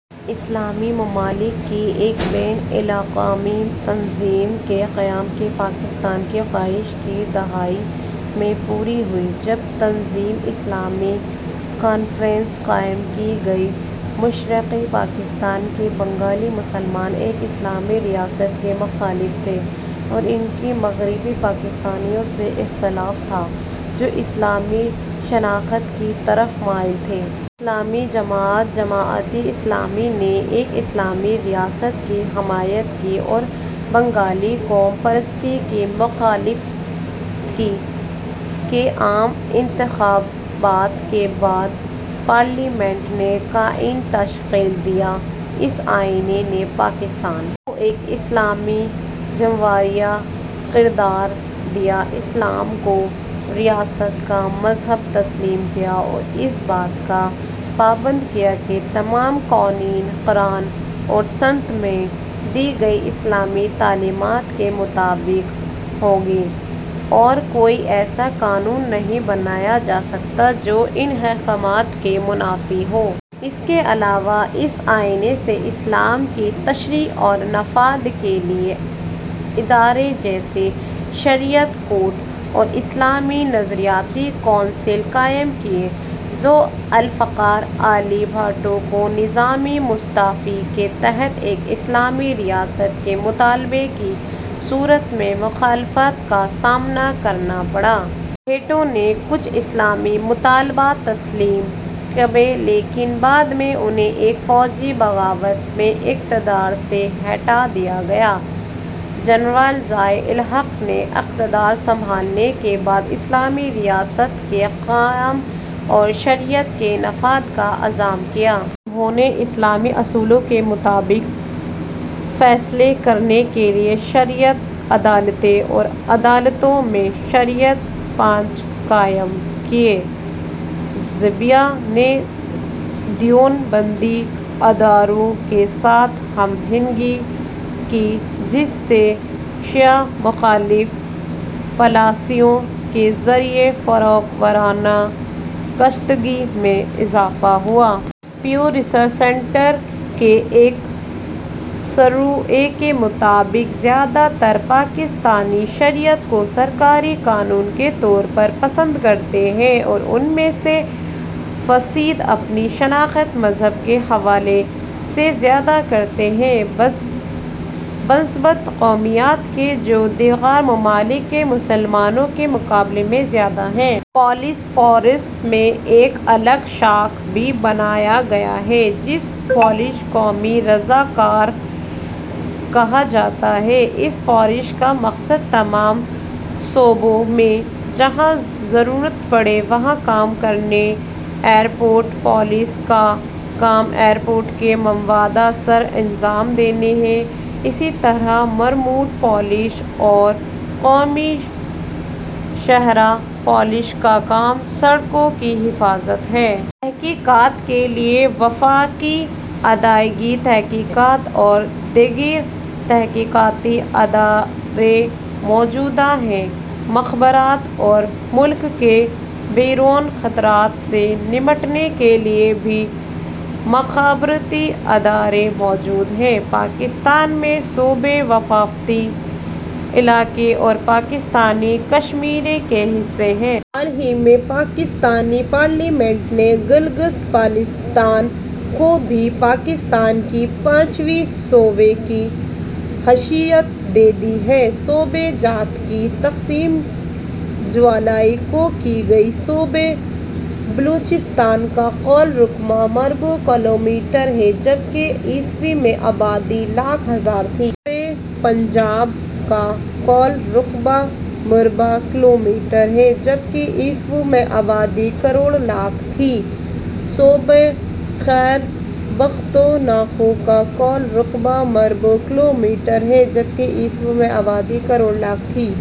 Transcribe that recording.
اسلامی ممالک کی ایک بین الاقوامی تنظیم کے قیام کی پاکستان کی خواہش کی دہائی میں پوری ہوئی جب تنظیمِ اسلامی کانفرنس قائم کی گئی۔ مشرقی پاکستان کے بنگالی مسلمان ایک اسلامی ریاست کے مخالف تھے اور ان کا مغربی پاکستانیوں سے اختلاف تھا جو اسلامی شناخت کی طرف مائل تھے۔ اسلامی جماعت، جماعتِ اسلامی نے ایک اسلامی ریاست کی حمایت کی اور بنگالی قوم پرستی کی مخالفت کی۔ کے عام انتخابات کے بعد، پارلیمنٹ نے کا آئین تشکیل دیا۔ اس آئین نے پاکستان کو ایک اسلامی جمہوریہ قرار دیا، اسلام کو ریاست کا مذہب تسلیم کیا اور اس بات کا پابند کیا کہ تمام قوانین قرآن اور سنت میں دی گئی اسلامی تعلیمات کے مطابق ہوں گے اور کوئی ایسا قانون نہیں بنایا جا سکتا جو ان احکامات کے منافی ہو۔ اس کے علاوہ، اس آئین نے اسلام کی تشریح اور نفاذ کے لیے ادارے جیسے شریعت کورٹ اور اسلامی نظریاتی کونسل قائم کیے۔ ذو الفقار علی بھٹو کو نظامِ مصطفیٰ کے تحت ایک اسلامی ریاست کے مطالبے کی صورت میں مخالفت کا سامنا کرنا پڑا۔ بھٹو نے کچھ اسلامی مطالبات تسلیم کیے، لیکن بعد میں انھیں ایک فوجی بغاوت میں اقتدار سے ہٹا دیا گیا۔ جنرل ضیاء الحق نے اقتدار سنبھالنے کے بعد اسلامی ریاست کے قیام اور شریعت کے نفاذ کا عزم کیا۔ انھوں نے اسلامی اصولوں کے مطابق فیصلے کرنے کے لیے شریعت عدالتیں اور عدالتوں میں شریعت بنچ قائم کیے۔ ضیاء نے دیوبندی اداروں کے ساتھ ہم آہنگی کی، جس سے شیعہ مخالف پالیسیوں کے ذریعے فرقہ وارانہ کشیدگی میں اضافہ ہوا۔ پیو ریسرچ سینٹر کے ایک سروے کے مطابق، زیادہ تر پاکستانی شریعت کو سرکاری قانون کے طور پر پسند کرتے ہیں اور ان میں سے فیصد اپنی شناخت مذہب کے حوالے سے زیادہ کرتے ہیں بنسبت قومیت کے، جو دیگر ممالک کے مسلمانوں کے مقابلے میں زیادہ ہے۔ پولیس فورس میں ایک الگ شاخ بھی بنایا گیا ہے جسے پولیس قومی رضا کار کہا جاتا ہے، اس فورس کا مقصد تمام صوبوں میں جہاں ضرورت پڑے وہاں کام کرنا ہے۔ ایئرپورٹ پولیس کا کام ایئرپورٹ کے امور سر انجام دینا ہے اسی طرح موٹروے پولیس اور قومی شاہراہ پولیس کا کام سڑکوں کی حفاظت ہے۔ تحقیقات کے لیے وفاقی ادارۂ تحقیقات اور دیگر تحقیقاتی ادارے موجود ہیں۔ مخابرات اور ملک کے بیرون خطرات سے نمٹنے کے لیے بھی مخابراتی ادارے موجود ہیں۔ پاکستان میں صوبے، وفاقی علاقے اور پاکستانی کشمیر کے حصے ہیں۔ حال ہی میں پاکستانی پارلیمنٹ نے گلگت بلتستان کو بھی پاکستان کے پانچویں صوبے کی حیثیت دے دی ہے۔ صوبہ جات کی تقسیم یکم جولائی ء کو کی گئی۔ صوبہ بلوچستان کا کل رقبہ مربع کلومیٹر ہے جبکہ ء میں آبادی لاکھ ہزار تھی۔ صوبہ پنجاب کا کل رقبہ مربع کلومیٹر ہے جبکہ ء میں آبادی کروڑ لاکھ تھی۔ صوبہ خیبر پختونخوا کا کل رقبہ مربع کلومیٹر ہے جبکہ ء میں آبادی کروڑ لاکھ تھی۔